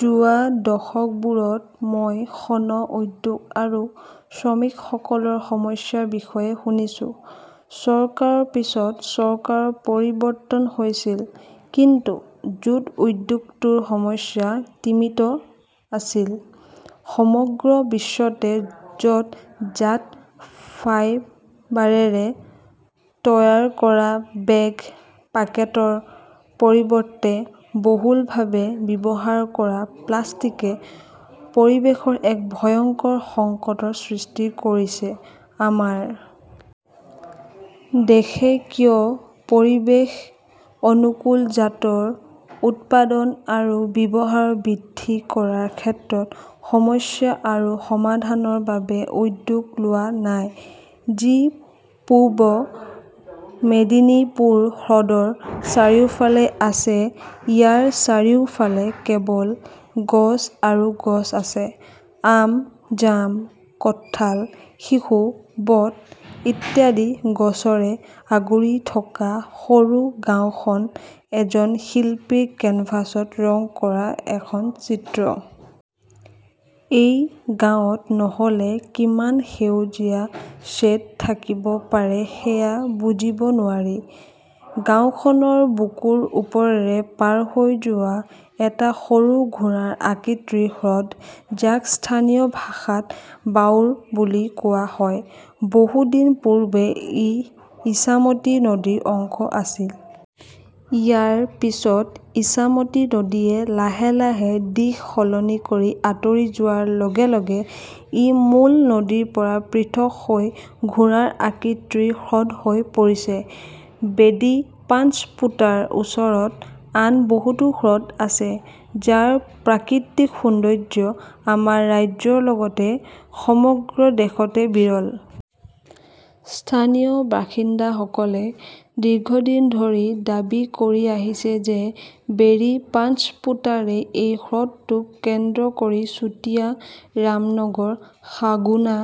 যোৱা দশকবোৰত মই শণ উদ্যোগ আৰু শ্ৰমিকসকলৰ সমস্যাৰ বিষয়ে শুনিছোঁ। চৰকাৰৰ পিছত চৰকাৰ পৰিৱৰ্তন হৈছিল কিন্তু জুট উদ্যোগটোৰ সমস্যা তিমিত আছিল। সমগ্ৰ বিশ্বতে য 'ত জাট ফাইবাৰেৰে তৈয়াৰ কৰা বেগ, পেকেটৰ পৰিৱৰ্তে বহুলভাৱে ব্যৱহাৰ কৰা প্লাষ্টিকে পৰিৱেশৰ এক ভয়ংকৰ সংকটৰ সৃষ্টি কৰিছে। আমাৰ দেশে কিয় পৰিৱেশ-অনুকূল জাটৰ উৎপাদন আৰু ব্যৱহাৰ বৃদ্ধি কৰাৰ ক্ষেত্ৰত সমস্যা আৰু সমাধানৰ বাবে উদ্যোগ লোৱা নাই? যি পূব মেদিনীপুৰ হ্ৰদৰ চাৰিওফালে আছে। ইয়াৰ চাৰিওফালে কেৱল গছ আৰু গছ আছে। আম, জাম, কাঁঠাল, শিশু, বট ইত্যাদি গছৰে আগুৰি থকা সৰু গাওঁখন এজন শিল্পীৰ কেনভাছত ৰং কৰা এখন চিত্ৰ। এই গাঁৱত নহ'লে কিমান সেউজীয়া শ্বেড থাকিব পাৰে সেয়া বুজিব নোৱাৰি। গাওঁখনৰ বুকুৰ ওপৰেৰে পাৰ হৈ যোৱা এটা সৰু ঘোঁৰাৰ আকৃতিৰ হ্ৰদ, যাক স্থানীয় ভাষাত বাওৰ বুলি কোৱা হয়। বহু দিন পূৰ্বে ই ইছামতী নদীৰ অংশ আছিল। ইয়াৰ পিছত ইছামতী নদীয়ে লাহে- লাহে দিশ সলনি কৰি আঁতৰি যোৱাৰ লগে -লগে ই মূল নদীৰ পৰা পৃথক হৈ ঘোঁৰাৰ আকৃতিৰ হ্ৰদ হৈ পৰিছে। বেডী পাঞ্চপোটাৰ ওচৰত আন বহুতো হ্ৰদ আছে, যাৰ প্ৰাকৃতিক সৌন্দৰ্য আমাৰ ৰাজ্যৰ লগতে সমগ্ৰ দেশতে বিৰল। স্থানীয় বাসিন্দাসকলে দীৰ্ঘদিন ধৰি দাবী কৰি আহিছে যে বেৰী-পাঞ্চপোটাৰে এই হ্ৰদটোক কেন্দ্ৰ কৰি চুটিয়া, ৰামনগৰ, সাগুনা,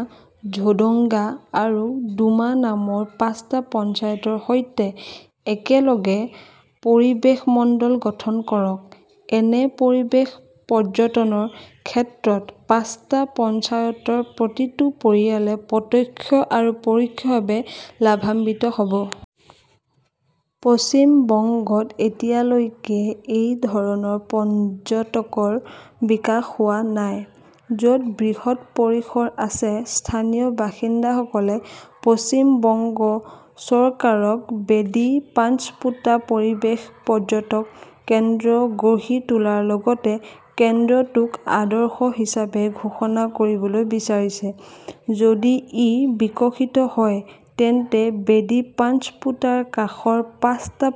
ঝৌডঙ্গা আৰু ডুমা নামৰ পাঁচটা পঞ্চায়তৰ সৈতে একেলগে পৰিৱেশমণ্ডল গঠন কৰক। এনে পৰিৱেশ পৰ্যটনৰ ক্ষেত্ৰত পাঁচটা পঞ্চায়তৰ প্ৰতিটো পৰিয়ালে প্ৰত্যক্ষ আৰু পৰোক্ষভাৱে লাভান্বিত হ 'ব। পশ্চিম বংগত এতিয়ালৈকে এই ধৰণৰ পৰ্যটনৰ বিকাশ হোৱা নাই, য'ত বৃহৎ পৰিসৰ আছে। স্থানীয় বাসিন্দাসকলে পশ্চিম বংগ চৰকাৰক বেডী-পাঞ্চপোটা পৰিৱেশ পৰ্যটন কেন্দ্ৰ গঢ়ি তোলাৰ লগতে কেন্দ্ৰটোক আদৰ্শ হিচাপে ঘোষণা কৰিবলৈ বিচাৰিছে। যদি ই বিকশিত হয় তেন্তে বেদী পাঞ্চপোটাৰ কাষৰ পাঁচটা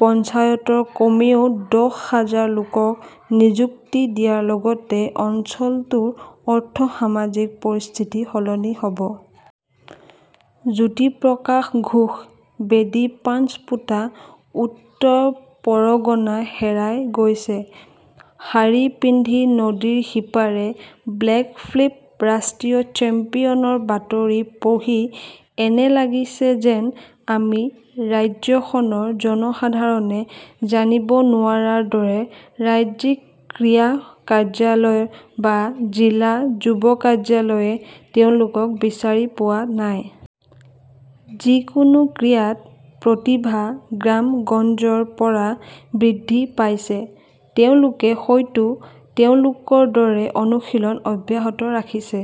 পঞ্চায়তৰ কমেও দহ হাজাৰ লোকক নিযুক্তি দিয়াৰ লগতে অঞ্চলটোৰ অৰ্থ-সামাজিক পৰিস্থিতি সলনি হ 'ব। জ্যোতিপ্ৰকাশ ঘোষ, বেডী পাঞ্চপোটা, উত্তৰ পৰগনা হেৰাই গৈছে। শাৰী পিন্ধি নদীৰ সিপাৰে বেকফ্লিপ ৰাষ্ট্ৰীয় চেম্পিয়নৰ বাতৰি পঢ়ি এনে লাগিছে যেন আমি ৰাজ্যখনৰ জনসাধাৰণে জানিব নোৱাৰাৰ দৰে ৰাজ্যিক ক্ৰীড়া কাৰ্যালয় বা জিলা যুৱ কাৰ্যালয়ে তেওঁলোকক বিচাৰি পোৱা নাই। যিকোনো ক্ৰীড়াত প্ৰতিভা গ্ৰামগঞ্জৰ পৰা বৃদ্ধি পাইছে, তেওঁলোকে হয়তো তেওঁলোকৰ দৰে অনুশীলন অব্যাহত ৰাখিছে।